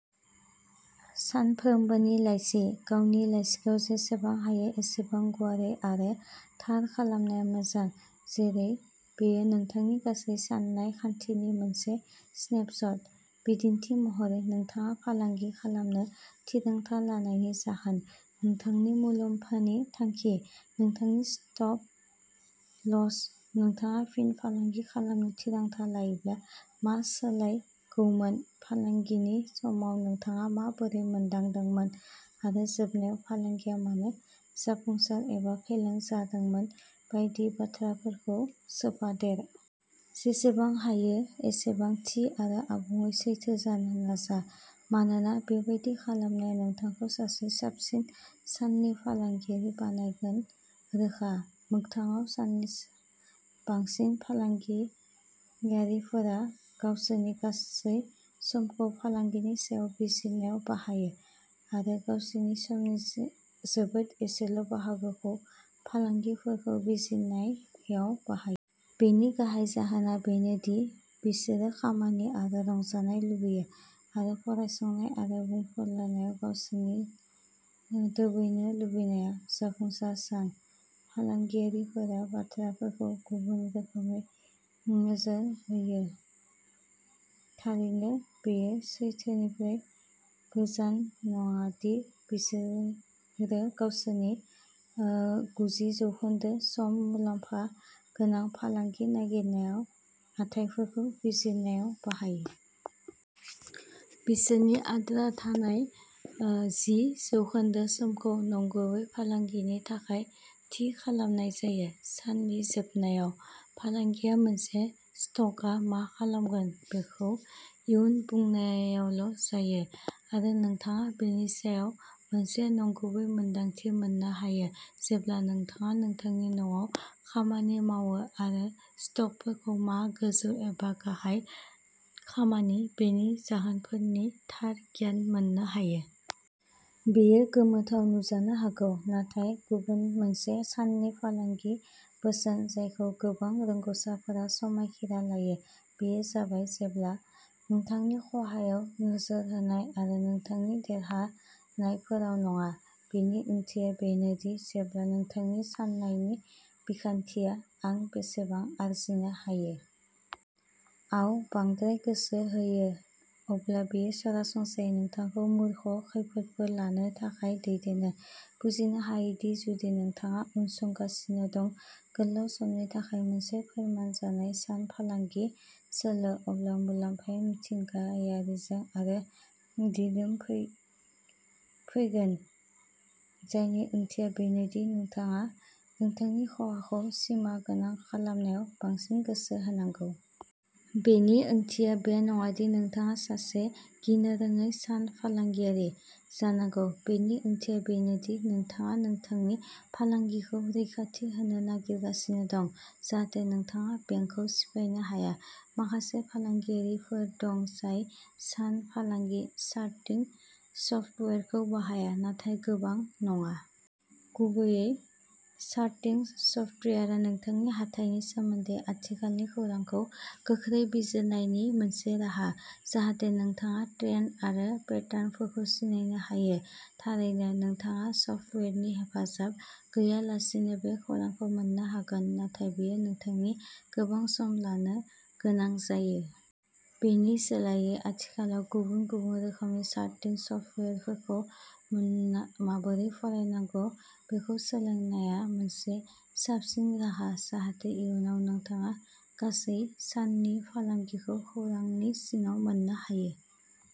सानफ्रोमबोनि लाइसि। गावनि लाइसिखौ जेसेबां हायो एसेबां गुवारै आरो थार खालामनाया मोजां, जेरै बेयो नोंथांनि गासै साननाय खान्थिनि मोनसे स्नेपशट। बिदिन्थि महरै, नोंथाङा फालांगि खालामनो थिरांथा लानायनि जाहोन, नोंथांनि मुलाम्फानि थांखि, नोंथांनि स्टप लस, नोंथाङा फिन फालांगि खालामनो थिरांथा लायोब्ला मा सोलायगौमोन, फालांगिनि समाव नोंथाङा माबोरै मोनदांदोंमोन, आरो जोबनायाव फालांगिया मानो जाफुंसार एबा फेलें जादोंमोन बायदि बाथ्राफोरखौ सोफादेर। जेसेबां हायो एसेबां थि आरो आबुङै सैथो जानो नाजा, मानोना बेबादि खालामनाया नोंथांखौ सासे साबसिन साननि फालांगियारि बानायगोन... रोखा! मोगथाङाव, साननि बांसिन फालांगियारिफोरा गावसोरनि गासै समखौ फालांगिनि सायाव बिजिरनायाव बाहायो, आरो गावसोरनि समनि जोबोद एसेल'बाहागोखौ फालांगिफोरखौ बिजिरनायाव बाहायो। बेनि गाहाय जाहोना बेनो दि बिसोरो खामानि आरो रंजानाय लुबैयो, आरो फरायसंनाय आरो बुंफुरलुआव गावसोरखौ दोबैनो लुबैया। जाफुंसार सान। फालांगियारिफोरा बाथ्राफोरखौ गुबुन रोखोमै नोजोर होयो। थारैनो, बेयो सैथोनिफ्राय गोजान नङा दि बिसोरो गावसोरनि गुजि जौखोन्दो सम मुलाम्फा गोनां फालांगि नागिरनायाव हाथाइफोरखौ बिजिरनायाव बाहायो। बिसोरनि आद्रा थानाय ओ जि जौखोन्दो समखौ नंगुबै फालांगिनि थाखाय थि खालामनाय जायो। साननि जोबनायाव, फालांगिया मोनसे स्ट'कआ मा खालामगोन बेखौ इयुन बुंनायावल'जायो, आरो नोंथाङा बेनि सायाव मोनसे नंगुबै मोनदांथि मोन्नो हायो जेब्ला नोंथाङा नोंथांनि न'आव खामानि मावो आरो स्ट'कफोरखौ मा गोजौ एबा गाहाय खामानि बेनि जाहोनफोरनि थार गियान मोननो हायो। बेयो गोमोथाव नुजानो हागौ, नाथाय गुबुन मोनसे साननि फालांगि बोसोन जायखौ गोबां रोंग'साफोरा समायखिरा लायो, बेयो जाबाय जेब्लाबो नोंथांनि खहायाव नोजोर होनाय आरो नोंथांनि देरहानायफोराव नङा। बेनि ओंथिया बेनो दि जेब्ला नोंथांनि साननायनि बिखान्थिया "आं बेसेबां आरजिनो हायो?" आव बांद्राय गोसो होयो, अब्ला बेयो सरासनस्रायै नोंथांखौ मुर्ख खैफोदफोर लानो थाखाय दैदेनो। बुजिनो हायो दि जुदि नोंथाङा उनसंगासिनो दं। गोलाव समनि थाखाय मोनसे फोरमान जानाय सान फालांगि सोलो, अब्ला मुलाम्फाया मिथिंगायारिजा आरो दिदोमै फैगोन, जायनि ओंथिया बेनो दि नोंथाङा नोंथांनि खहाखौ सिमागोनां खालामनायाव बांसिन गोसो होनांगौ। बेनि ओंथिया बे नङा दि नोंथाङा सासे गिनोरोङै सान फालांगियारि जानांगौ, बेनि ओंथिया बेनो दि नोंथाङा नोंथांनि फालांगिखौ रैखाथि होनो नागिरगासिनो दं जाहाथे नोंथाङा बेंकखौ सिफायनो हाया। माखासे फालांगियारिफोर दं जाय सान फालांगि चार्टिं सफ्टवेयारखौ बाहाया, नाथाय गोबां नङा! गुबैयै, चार्टिं सफ्टवेयारआ नोंथांनि हाथाइनि सोमोन्दै आथिखालनि खौरांखौ गोख्रै बिजिरनायनि मोनसे राहा, जाहाथे नोंथाङा ट्रेन्ड आरो पेटार्नफोरखौ सिनायनो हायो। थारैनो, नोंथाङा सफ्टवेयारनि हेफाजाब गैयालासेनो बे खौरांखौ मोन्नो हागोन, नाथाय बेयो नोंथांनि गोबां सम लानो गोनां जायो। बेनि सोलायै, आथिखालाव गुबुन गुबुन रोखोमनि चार्टिं सफ्टवेयारफोरखौ माबोरै फरायनांगौ बेखौ सोलोंनाया मोनसे साबसिन राहा, जाहाथे इयुनाव नोंथाङा गासै साननि फालांगिखौ खौरांनि सिङाव मोननो हायो।